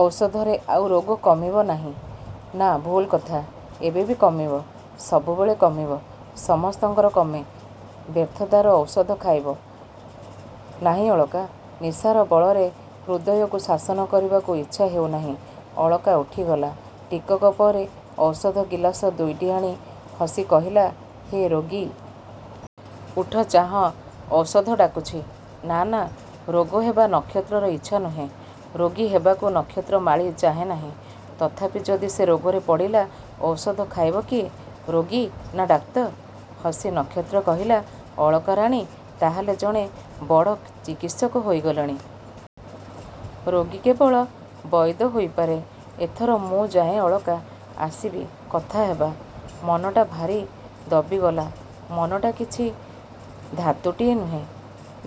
–ଔଷଧରେ ଆଉ ରୋଗ କମିବ ନାହିଁ। –ନା। ଭୁଲ କଥା। ଏବେ ବି କମିବ–ସବୁବେଳେ କମିବ। ସମସ୍ତଙ୍କର କମେ। ବ୍ୟର୍ଥତାର ଔଷଧ ଖାଇବ? –ନାହିଁ, ଅଳକା। ନିଶାର ବଳରେ ହୃଦୟକୁ ଶାସନ କରିବାକୁ ଇଛା ହେଉ ନାହିଁ। ଅଳକା ଉଠିଗଲା। ଟିକକ ପରେ ଔଷଧ ଗିଲାସ ଦୁଇଟି ଆଣି ହସି କହିଲା–ହେ, ରୋଗୀ। ଉଠ–ଚାହଁ–ଔଷଧ ଡାକୁଛି। –ନା–ନା। –ରୋଗ ହେବା ନକ୍ଷତ୍ରର ଇଛା ନୁହେଁ। ରୋଗୀ ହେବାକୁ ନକ୍ଷତ୍ରମାଳୀ ଚାହେଁ ନାହିଁ। ତଥାପି ଯଦି ସେ ରୋଗରେ ପଡ଼ିଲା ଔଷଧ ଖାଇବ କିଏ? ରୋଗୀ ନା ଡାକ୍ତର? ହସି ନକ୍ଷତ୍ର କହିଲା–ଅଳକା ରାଣୀ ତାହାହେଲେ ଜଣେ ବଡ଼ ଚିକିତ୍ସକ ହେଇଗଲେଣି। ରୋଗୀ କେବଳ ବଇଦ ହେଇପାରେ ଏଥର ମୁଁ ଯାଏଁ ଅଳକା, ଆସିବି–କଥା ହେବା। ମନଟା ଭାରି ଦବିଗଲା। –ମନଟା କିଛି ଧାତୁଟିଏ ନୁହେଁ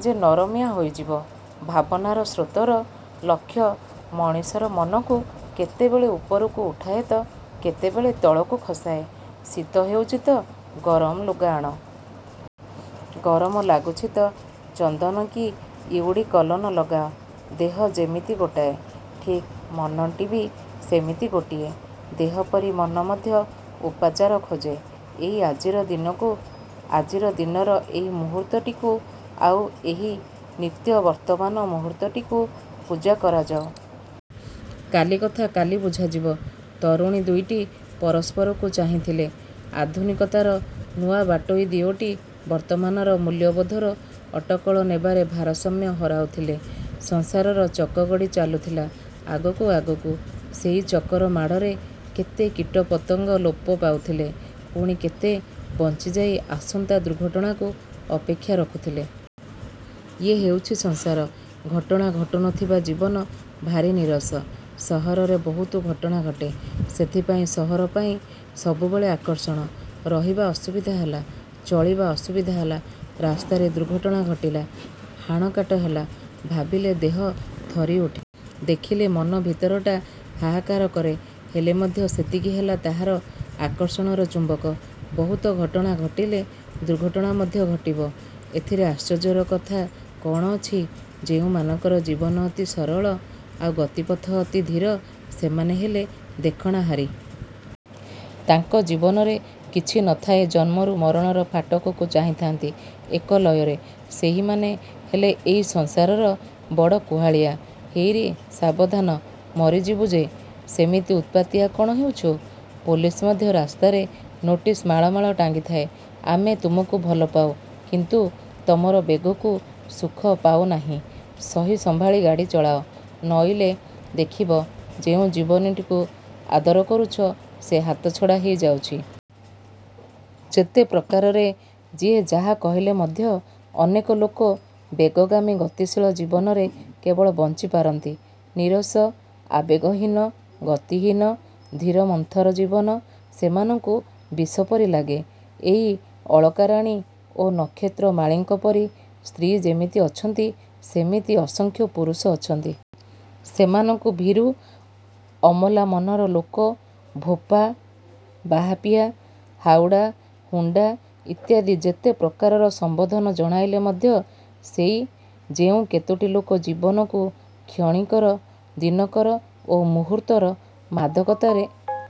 ଯେ ନରମିଆ ହୋଇଯିବ। ଭାବନାର ସ୍ରୋତର ଲକ୍ଷ୍ୟ ମଣିଷର ମନକୁ କେତେବେଳେ ଉପରକୁ ଉଠାଏ ତ କେତେବେଳେ ତଳକୁ ଖସାଏ। ଶୀତ ହେଉଛି ତ ଗରମ ଲୁଗା ଆଣ। ଗରମ ଲାଗୁଛି ତ ଚନ୍ଦନ କି ଇଉଡିକଲନ୍ ଲଗାଅ। ଦେହ ସେମିତି ଗୋଟାଏ। –ଠିକ୍। ମନଟି ବି ସେମିତି ଗୋଟିଏ। ଦେହ ପରି ମନ ମଧ୍ୟ ଉପଚାର ଖୋଜେ। –ଏଇ ଆଜିର ଦିନକୁ–ଆଜିର ଦିନର ଏଇ ମୁହୂର୍ତ୍ତଟିକୁ–ଆଉ ଏହି ନିତ୍ୟ ବର୍ତ୍ତମାନ ମୁହୂର୍ତ୍ତଟିକୁ ପୂଜା କରାଯାଉ। କାଲି କଥା କାଲି ବୁଝାଯିବ। ତରୁଣୀ ଦୁଇଟି ପରସ୍ପରକୁ ଚାହିଁଥିଲେ। ଆଧୁନିକତାର ନୂଆ ବାଟୋଇ ଦିଓଟି ବର୍ତ୍ତମାନର ମୂଲ୍ୟବୋଧର ଅଟକଳ ନେବାରେ ଭାରସାମ୍ୟ ହରାଉଥିଲେ। ସଂସାରର ଚକ ଗଡ଼ି ଚାଲୁଥିଲା–ଆଗକୁ–ଆଗକୁ। ସେଇ ଚକର ମାଡ଼ରେ କେତେ କୀଟପତଙ୍ଗ ଲୋପ ପାଉଥିଲେ। ପୁଣି କେତେ ବଞ୍ଚିଯାଇ ଆସନ୍ତା ଦୁର୍ଘଟଣାକୁ ଅପେକ୍ଷା ରଖୁଥିଲେ। ଇଏ ହେଉଛି ସଂସାର। ଘଟଣା ଘଟୁ ନ ଥିବା ଜୀବନ ଭାରି ନୀରସ। ସହରରେ ବହୁତ ଘଟଣା ଘଟେ–ସେଥିପାଇଁ ସହର ପାଇଁ ସବୁବେଳେ ଆକର୍ଷଣ। ରହିବା ଅସୁବିଧା ହେଲା। ଚଳିବା ଅସୁବିଧା ହେଲା। ରାସ୍ତାରେ ଦୁର୍ଘଟଣା ଘଟିଲା। ହାଣ କାଟ ହେଲା–ଭାବିଲେ ଦେହ ଥରି ଉଠେ। ଦେଖିଲେ ମନ ଭିତରଟା ହାହାକାର କରେ। ହେଲେ ମଧ୍ୟ ସେତିକି ହେଲା ତାହାର ଆକର୍ଷଣର ଚୁମ୍ବକ। ବହୁତ ଘଟଣା ଘଟିଲେ ଦୁର୍ଘଟଣା ମଧ୍ୟ ଘଟିବ। ଏଥିରେ ଆଶ୍ଚର୍ଯ୍ୟର କଥା କ'ଣ ଅଛି-? ଯେଉଁମାନଙ୍କର ଜୀବନ ଅତି ସରଳ ଆଉ ଗତିପଥ ଅତି ଧୀର–ସେମାନେ ହେଲେ ଦେଖଣାହାରୀ। ତାଙ୍କ ଜୀବନରେ କିଛି ନ ଥାଏ ଜନ୍ମରୁ ମରଣର ଫାଟକକୁ ଚାହିଁଥାନ୍ତି–ଏକ ଲୟରେ। ସେହିମାନେ ହେଲେ ଏହି ସଂସାରର ବଡ଼ କୁହାଳିଆ। –ହେଇରେ।... ସାବଧାନ... ମରିଯିବୁ ଯେ। ସେମିତି ଉତ୍ପାତିଆ କ'ଣ ହେଉଛୁ? ପୁଲିସ୍ ମଧ୍ୟ ରାସ୍ତାରେ ନୋଟିସ ମାଳ ମାଳ ଟାଙ୍ଗିଥାଏ–ଆମେ ତୁମକୁ ଭଲପାଉ; କିନ୍ତୁ ତମର ବେଗକୁ ସୁଖ ପାଉନାହିଁ–ସହି ସମ୍ଭାଳି ଗାଡ଼ି ଚଳାଅ–ନଇଲେ ଦେଖିବ ଯେଉଁ ଜୀବନଟିକୁ ଆଦର କରୁଛ ସେ ହାତଛଡ଼ା ହେଇ ଯାଉଛି। ଯେତେ ପ୍ରକାରରେ ଯିଏ ଯାହା କହିଲେ ମଧ୍ୟ ଅନେକ ଲୋକ ବେଗଗାମୀ ଗତିଶୀଳ ଜୀବନରେ କେବଳ ବଞ୍ଚି ପାରନ୍ତି। ନିରସ, ଆବେଗହୀନ, ଗତିହୀନ, ଧୀରମନ୍ଥର ଜୀବନ ସେମାନଙ୍କୁ ବିଷପରି ଲାଗେ। ଏଇ ଅଳକାରାଣୀ ଓ ନକ୍ଷତ୍ରମାଳୀଙ୍କପରି ସ୍ତ୍ରୀ ଯେମିତି ଅଛନ୍ତି ସେମିତି ଅସଂଖ୍ୟ ପୁରୁଷ ଅଛନ୍ତି। ସେମାନଙ୍କୁ ଭୀରୁ ଅମଲା ମନର ଲୋକ ଭୋପା, ବାହାପିଆ, ହାଉଡ଼ା, ହୁଣ୍ଡା ଇତ୍ୟାଦି ଯେତେ ପ୍ରକାରର ସମ୍ବୋଧନ ଜଣାଇଲେ ମଧ୍ୟ ସେଇ ଯେଉଁ କେତୋଟି ଲୋକ ଜୀବନକୁ କ୍ଷଣିକର–ଦିନକର–ଓ ମୁହୂର୍ତ୍ତର ମାଦକତାରେ